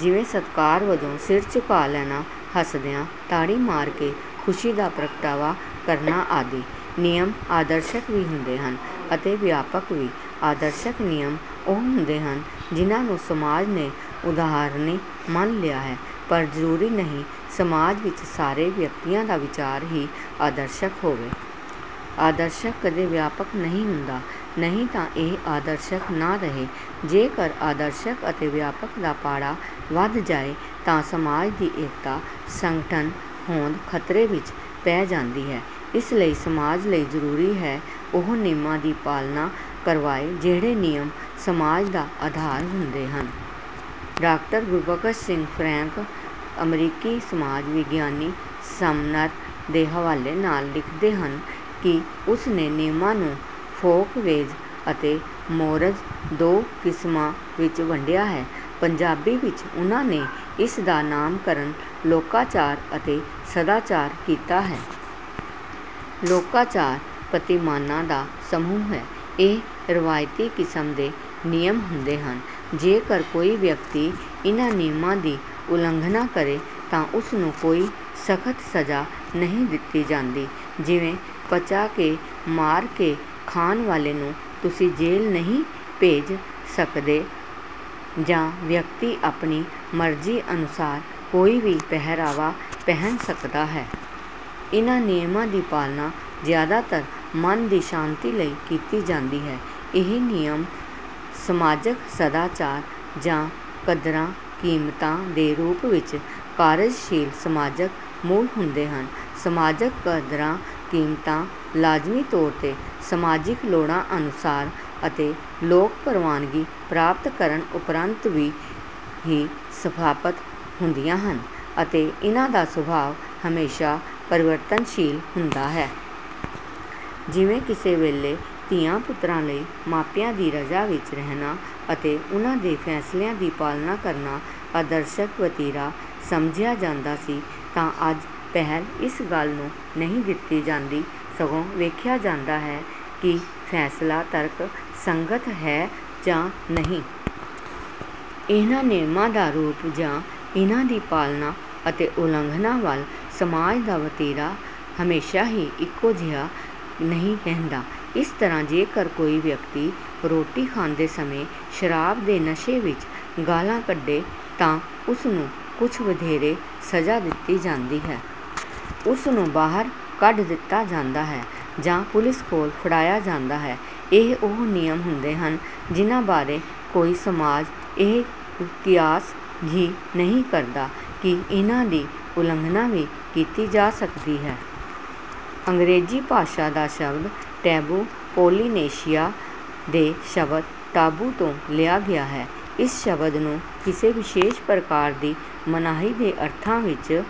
ਜਿਵੇਂ ਸਤਿਕਾਰ ਵਜੋਂ ਸਿਰ ਝੁਕਾ ਲੈਣਾ ਹੱਸਦਿਆਂ ਤਾੜੀ ਮਾਰ ਕੇ ਖੁਸ਼ੀ ਦਾ ਪ੍ਰਗਟਾਵਾ ਕਰਨਾ ਆਦਿ। ਨਿਯਮ ਆਦਰਸ਼ਕ ਵੀ ਹੁੰਦੇ ਹਨ ਅਤੇ ਵਿਆਪਕ ਵੀ। ਆਦਰਸ਼ਕ ਨਿਯਮ ਉਹ ਹੁੰਦੇ ਹਨ ਜਿਨ੍ਹਾਂ ਨੂੰ ਸਮਾਜ ਨੇ ਉਦਾਹਰਣੀ ਮੰਨ ਲਿਆ ਹੈ ਪਰ ਜ਼ਰੂਰੀ ਨਹੀਂ ਸਮਾਜ ਵਿੱਚ ਸਾਰੇ ਵਿਅਕਤੀਆਂ ਦਾ ਵਿਹਾਰ ਹੀ ਆਦਰਸ਼ਕ ਹੋਵੇ। ਆਦਰਸ਼ ਕਦੇ ਵਿਆਪਕ ਨਹੀਂ ਹੁੰਦਾ ਨਹੀਂ ਤਾਂ ਇਹ ਆਦਰਸ਼ਕ ਨਾ ਰਹੇ। ਜੇਕਰ ਆਦਰਸ਼ਕ ਅਤੇ ਵਿਆਪਕ ਦਾ ਪਾੜਾ ਵਧ ਜਾਏ ਤਾਂ ਸਮਾਜ ਦੀ ਏਕਤਾ ਸੰਗਠਨ ਹੋਂਦ ਖ਼ਤਰੇ ਵਿੱਚ ਪੈ ਜਾਂਦੀ ਹੈ। ਇਸ ਲਈ ਸਮਾਜ ਲਈ ਜ਼ਰੂਰੀ ਹੈ ਉਹ ਨਿਯਮਾਂ ਦੀ ਪਾਲਣਾ ਕਰਵਾਏ ਜਿਹੜੇ ਨਿਯਮ ਸਮਾਜ ਦਾ ਆਧਾਰ ਹੁੰਦੇ ਹਨ। ਡਾਕਟਰ ਗੁਰਬਖਸ਼ ਸਿੰਘ ਫਰੈਂਕ ਅਮਰੀਕੀ ਸਮਾਜ ਵਿਗਿਆਨੀ ਸਮਨਰ ਦੇ ਹਵਾਲੇ ਨਾਲ ਲਿਖਦੇ ਹਨ ਕਿ ਉਸ ਨੇ ਨਿਯਮਾਂ ਨੂੰ ਫੋਕਵੇਜ਼ ਅਤੇ ਮੋਰਜ਼ ਦੋ ਕਿਸਮਾਂ ਵਿੱਚ ਵੰਡਿਆ ਹੈ। ਪੰਜਾਬੀ ਵਿੱਚ ਉਨ੍ਹਾਂ ਨੇ ਇਸ ਦਾ ਨਾਮਕਰਣ ਲੋਕਾਚਾਰ ਅਤੇ ਸਦਾਚਾਰ ਕੀਤਾ ਹੈ। ਲੋਕਾਚਾਰ ਪ੍ਰਤਿਮਾਨਾਂ ਦਾ ਸਮੂਹ ਹੈ। ਇਹ ਰਵਾਇਤੀ ਕਿਸਮ ਦੇ ਨਿਯਮ ਹੁੰਦੇ ਹਨ। ਜੇਕਰ ਕੋਈ ਵਿਅਕਤੀ ਇਨ੍ਹਾਂ ਨਿਯਮਾਂ ਦੀ ਉਲੰਘਣਾ ਕਰੇ ਤਾਂ ਉਸ ਨੂੰ ਕੋਈ ਸਖ਼ਤ ਸਜ਼ਾ ਨਹੀਂ ਦਿੱਤੀ ਜਾਂਦੀ ਜਿਵੇਂ ਪਚਾ ਕੇ ਮਾਰ ਕੇ ਖਾਣ ਵਾਲੇ ਨੂੰ ਤੁਸੀਂ ਜੇਲ੍ਹ ਨਹੀਂ ਭੇਜ ਸਕਦੇ ਜਾਂ ਵਿਅਕਤੀ ਆਪਣੀ ਮਰਜ਼ੀ ਅਨੁਸਾਰ ਕੋਈ ਵੀ ਪਹਿਰਾਵਾ ਪਹਿਨ ਸਕਦਾ ਹੈ। ਇਨ੍ਹਾਂ ਨਿਯਮਾਂ ਦੀ ਪਾਲਣਾ ਜ਼ਿਆਦਾਤਰ ਮਨ ਦੀ ਸ਼ਾਂਤੀ ਲਈ ਕੀਤੀ ਜਾਂਦੀ ਹੈ। ਇਹ ਨਿਯਮ ਸਮਾਜਕ ਸਦਾਚਾਰ ਜਾਂ ਕਦਰਾਂ ਕੀਮਤਾਂ ਦੇ ਰੂਪ ਵਿੱਚ ਕਾਰਜਸ਼ੀਲ ਸਮਾਜਕ ਮੁੱਲ ਹੁੰਦੇ ਹਨ। ਸਮਾਜਕ ਕਦਰਾਂ ਕੀਮਤਾਂ ਲਾਜ਼ਮੀ ਤੌਰ ਤੇ ਸਮਾਜਿਕ ਲੋੜਾਂ ਅਨੁਸਾਰ ਅਤੇ ਲੋਕ ਪ੍ਰਵਾਨਗੀ ਪ੍ਰਾਪਤ ਕਰਨ ਉਪਰੰਤ ਹੀ ਸਥਾਪਤ ਹੁੰਦੀਆਂ ਹਨ ਅਤੇ ਇਨ੍ਹਾਂ ਦਾ ਸੁਭਾਅ ਹਮੇਸ਼ਾ ਪਰਿਵਰਤਨਸ਼ੀਲ ਹੁੰਦਾ ਹੈ। ਜਿਵੇਂ ਕਿਸੇ ਵੇਲੇ ਧੀਆਂ ਪੁੱਤਰਾਂ ਲਈ ਮਾਪਿਆਂ ਦੀ ਰਜ਼ਾ ਵਿੱਚ ਰਹਿਣਾ ਅਤੇ ਉਨ੍ਹਾਂ ਦੇ ਫੈਸਲਿਆਂ ਦੀ ਪਾਲਣਾ ਕਰਨਾ ਆਦਰਸ਼ਕ ਵਤੀਰਾ ਸਮਝਿਆ ਜਾਂਦਾ ਸੀ ਤਾਂ ਅੱਜ ਪਹਿਲ ਇਸ ਗੱਲ ਨੂੰ ਨਹੀਂ ਦਿੱਤੀ ਜਾਂਦੀ ਸਗੋਂ ਵੇਖਿਆ ਜਾਂਦਾ ਹੈ ਕਿ ਫੈਸਲਾ ਤਰਕ ਸੰਗਤ ਹੈ ਜਾਂ ਨਹੀਂ। ਇਹਨਾਂ ਨਿਯਮਾਂ ਦਾ ਰੂਪ ਜਾਂ ਇਹਨਾਂ ਦੀ ਪਾਲਣਾ ਅਤੇ ਉਲੰਘਣਾ ਵੱਲ ਸਮਾਜ ਦਾ ਵਤੀਰਾ ਹਮੇਸ਼ਾ ਹੀ ਇੱਕੋ ਜਿਹਾ ਨਹੀਂ ਰਹਿੰਦਾ। ਇਸ ਤਰ੍ਹਾਂ ਜੇਕਰ ਕੋਈ ਵਿਅਕਤੀ ਰੋਟੀ ਖਾਂਦੇ ਸਮੇਂ ਸ਼ਰਾਬ ਦੇ ਨਸ਼ੇ ਵਿੱਚ ਗਾਲ੍ਹਾਂ ਕੱਢੇ ਤਾਂ ਉਸ ਨੂੰ ਕੁਝ ਵਧੇਰੇ ਸਜ਼ਾ ਦਿੱਤੀ ਜਾਂਦੀ ਹੈ। ਉਸ ਨੂੰ ਬਾਹਰ ਕੱਢ ਦਿੱਤਾ ਜਾਂਦਾ ਹੈ ਜਾਂ ਪੁਲਿਸ ਕੋਲ ਫੜਾਇਆ ਜਾਂਦਾ ਹੈ। ਇਹ ਉਹ ਨਿਯਮ ਹੁੰਦੇ ਹਨ ਜਿਨ੍ਹਾਂ ਬਾਰੇ ਕੋਈ ਸਮਾਜ ਇਹ ਕਿਆਸ ਹੀ ਨਹੀਂ ਕਰਦਾ ਕਿ ਇਹਨਾਂ ਦੀ ਉਲੰਘਣਾ ਵੀ ਕੀਤੀ ਜਾ ਸਕਦੀ ਹੈ। ਅੰਗਰੇਜ਼ੀ ਭਾਸ਼ਾ ਦਾ ਸ਼ਬਦ ਟੈਬੂ ਪੋਲੀਨੇਸ਼ੀਆ ਦੇ ਸ਼ਬਦ ਟਾਬੂ ਤੋਂ ਲਿਆ ਗਿਆ ਹੈ। ਇਸ ਸ਼ਬਦ ਨੂੰ ਕਿਸੇ ਵਿਸ਼ੇਸ਼ ਪ੍ਰਕਾਰ ਦੀ ਮਨਾਹੀ ਦੇ ਅਰਥਾਂ ਵਿੱਚ